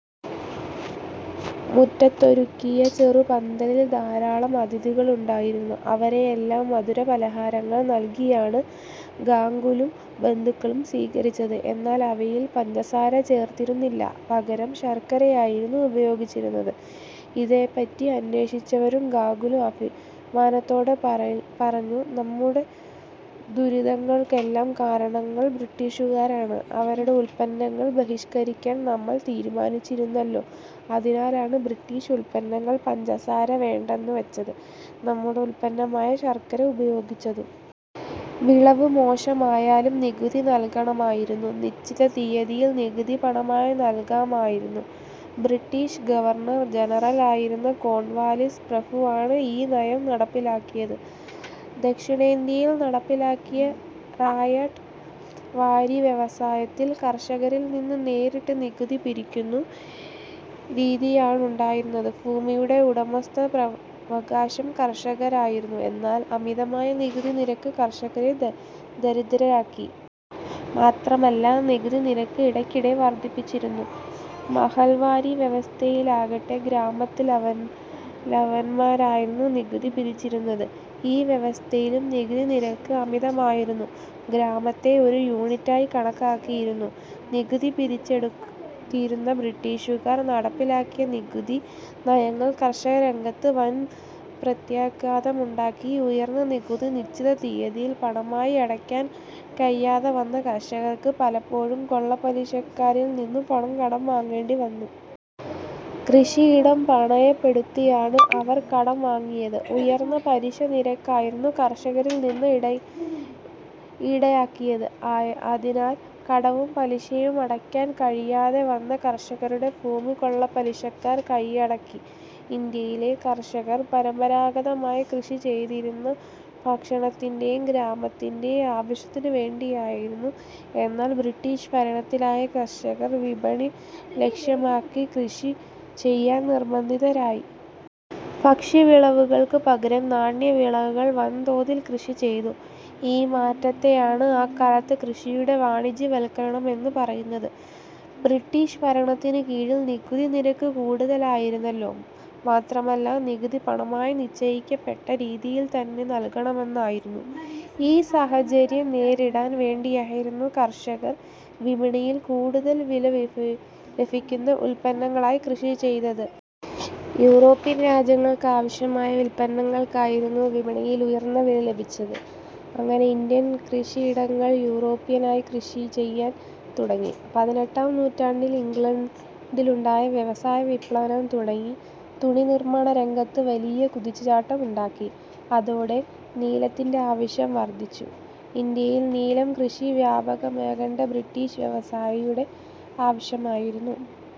മുറ്റത്തൊരുക്കിയ ചെറുപന്തലിൽ ധാരാളം അതിഥികളുണ്ടായിരുന്നു. അവരെയെല്ലാം മധുരപലഹാരങ്ങൾ നൽകിയാണ് ഗാംഗുലും ബന്ധുക്കളും സ്വീകരിച്ചത്. എന്നാൽ അവയിൽ പഞ്ചസാര ചേർത്തിരുന്നില്ല. പകരം ശർക്കരയായിരുന്നു ഉപയോഗിച്ചത്. ഇതേപ്പറ്റി അന്വേഷിച്ചവരോട് ഗാംഗുൽ അഭിമാനത്തോടെ പറഞ്ഞു: "നമ്മുടെ ദുരിതങ്ങൾക്കെല്ലാം കാരണക്കാർ ബ്രിട്ടീഷുകാരാണ്. അവരുടെ ഉൽപ്പന്നങ്ങൾ ബഹിഷ്കരിക്കാൻ നമ്മൾ തീരുമാനിച്ചിരുന്നല്ലോ. അതിനാലാണ് ബ്രിട്ടീഷ് ഉൽപ്പന്നമായ പഞ്ചസാര വേണ്ടെന്ന് വച്ചതും നമ്മുടെ ഉൽപ്പന്നമായ ശർക്കര ഉപയോഗിച്ചതും. വിളവ് മോശമായാലും നികുതി നൽകണമായിരുന്നു. നിശ്ചിത തീയതിയിൽ നികുതി പണമായി നൽകണമായിരുന്നു. ബ്രിട്ടീഷ് ഗവർണർ ജനറൽ ആയിരുന്ന കോൺവാലീസ് പ്രഭുവാണ് ഈ നയം നടപ്പിലാക്കിയത്. ദക്ഷിണേന്ത്യയിൽ നടപ്പിലാക്കിയ റയട്ട് വാരി വ്യവസ്ഥയിൽ കർഷകരിൽ നിന്ന് നേരിട്ട് നികുതി പിരിക്കുന്ന രീതിയാണുണ്ടായിരുന്നത്. ഭൂമിയുടെ ഉടമസ്ഥാവകാശം കർഷകനായിരുന്നു. എന്നാൽ അമിതമായ നികുതി നിരക്ക് കർഷകരെ ദരിദ്രരാക്കി. മാത്രമല്ല നികുതിനിരക്ക് ഇടയ്ക്കിടെ വർധിപ്പിച്ചിരുന്നു. മഹൽവാരി വ്യവസ്ഥയിലാകട്ടെ, ഗ്രാമത്തലവന്മാരായിരുന്നു നികുതി പിരിച്ചെടുത്തത്. ഈ വ്യവസ്ഥയിലും നികുതിനിരക്ക് അമിതമായിരുന്നു. ഗ്രാമത്തെ ഒരു യൂണിറ്റായി കണക്കാക്കിയായിരുന്നു നികുതി പിരി ച്ചെടുത്തിരുന്നത്. ബ്രിട്ടീഷുകാർ നടപ്പിലാക്കിയ നികുതി നയങ്ങൾ കാർഷികരംഗത്ത് വൻ പ്രത്യാഘാതങ്ങളുണ്ടാക്കി. ഉയർന്ന നികുതി നിശ്ചിത തീയതിയിൽ പണമായി അടയ്ക്കാൻ കഴിയാതെവന്ന കർഷകർക്കു പലപ്പോഴും കൊള്ളപ്പലിശക്കാരിൽ നിന്ന് പണം കടം വാങ്ങേണ്ടിവന്നു. കൃഷിയിടം പണയപ്പെടുത്തിയാണ് അവർ കടം വാങ്ങിയത്. ഉയർന്ന പലിശനിരക്കായിരുന്നു കർഷകരിൽനിന്ന് ഈടാക്കിയത്. അതിനാൽ കടവും പലിശയും അടയ്ക്കാൻ കഴിയാതെവന്ന കർഷകരുടെ ഭൂമി കൊള്ളപ്പലിശക്കാർ കൈയടക്കി. ഇന്ത്യയിലെ കർഷകർ പരമ്പരാഗതമായി കൃഷിചെയ്തിരുന്നത് ഭക്ഷണത്തിന്റെയും ഗ്രാമത്തിന്റെയും ആവശ്യത്തിനുവേണ്ടിയായിരുന്നു. എന്നാൽ ബ്രിട്ടീഷ് ഭരണകാലത്ത് കർഷകർ വിപണി ലക്ഷ്യമാക്കി കൃഷി ചെയ്യാൻ നിർബന്ധിതരായി. ഭക്ഷ്യവിളകൾക്കു പകരം നാണ്യവിളകൾ വൻതോതിൽ കൃഷിചെയ്തു. ഈ മാറ്റത്തെയാണ് അക്കാലത്ത് കൃഷിയുടെ വാണിജ്യവൽക്കരണം എന്നു പറയുന്നത്. ബ്രിട്ടീഷ് ഭരണത്തിനുകീഴിൽ നികുതി നിരക്ക് കൂടുതലായിരുന്നല്ലോ. മാത്രമല്ല, നികുതി പണമായി, നിശ്ചയിക്കപ്പെട്ട തീയതിയിൽത്തന്നെ നൽകണമായിരുന്നു. ഈ സാഹചര്യം നേരിടാൻ വേണ്ടിയായിരുന്നു കർഷകർ വിപണിയിൽ കൂടുതൽ വില ലഭിക്കുന്ന ഉൽപ്പന്നങ്ങൾ കൃഷിചെയ്തത്. യൂറോപ്യൻ രാജ്യങ്ങൾക്കാവശ്യമായ ഉൽപ്പന്നങ്ങൾക്കായിരുന്നു വിപണിയിൽ ഉയർന്ന വില ലഭിച്ചത്. അങ്ങനെ ഇന്ത്യൻ കൃഷിയിടങ്ങൾ യൂറോപ്പിനായി കൃഷിചെയ്യാൻ തുടങ്ങി. പതിനെട്ടാം നൂറ്റാണ്ടിൽ ഇംഗ്ലണ്ടിലുണ്ടായ വ്യവസായവിപ്ലവം തുണി നിർമാണരംഗത്ത് വലിയ കുതിച്ചുചാട്ടം ഉണ്ടാക്കി. അതോടെ നീലത്തിന്റെ ആവശ്യം വർധിച്ചു. ഇന്ത്യയിൽ നീലം കൃഷി വ്യാപകമാക്കേണ്ടത് ബ്രിട്ടീഷ് വ്യവസായികളുടെ ആവശ്യമായിരുന്നു.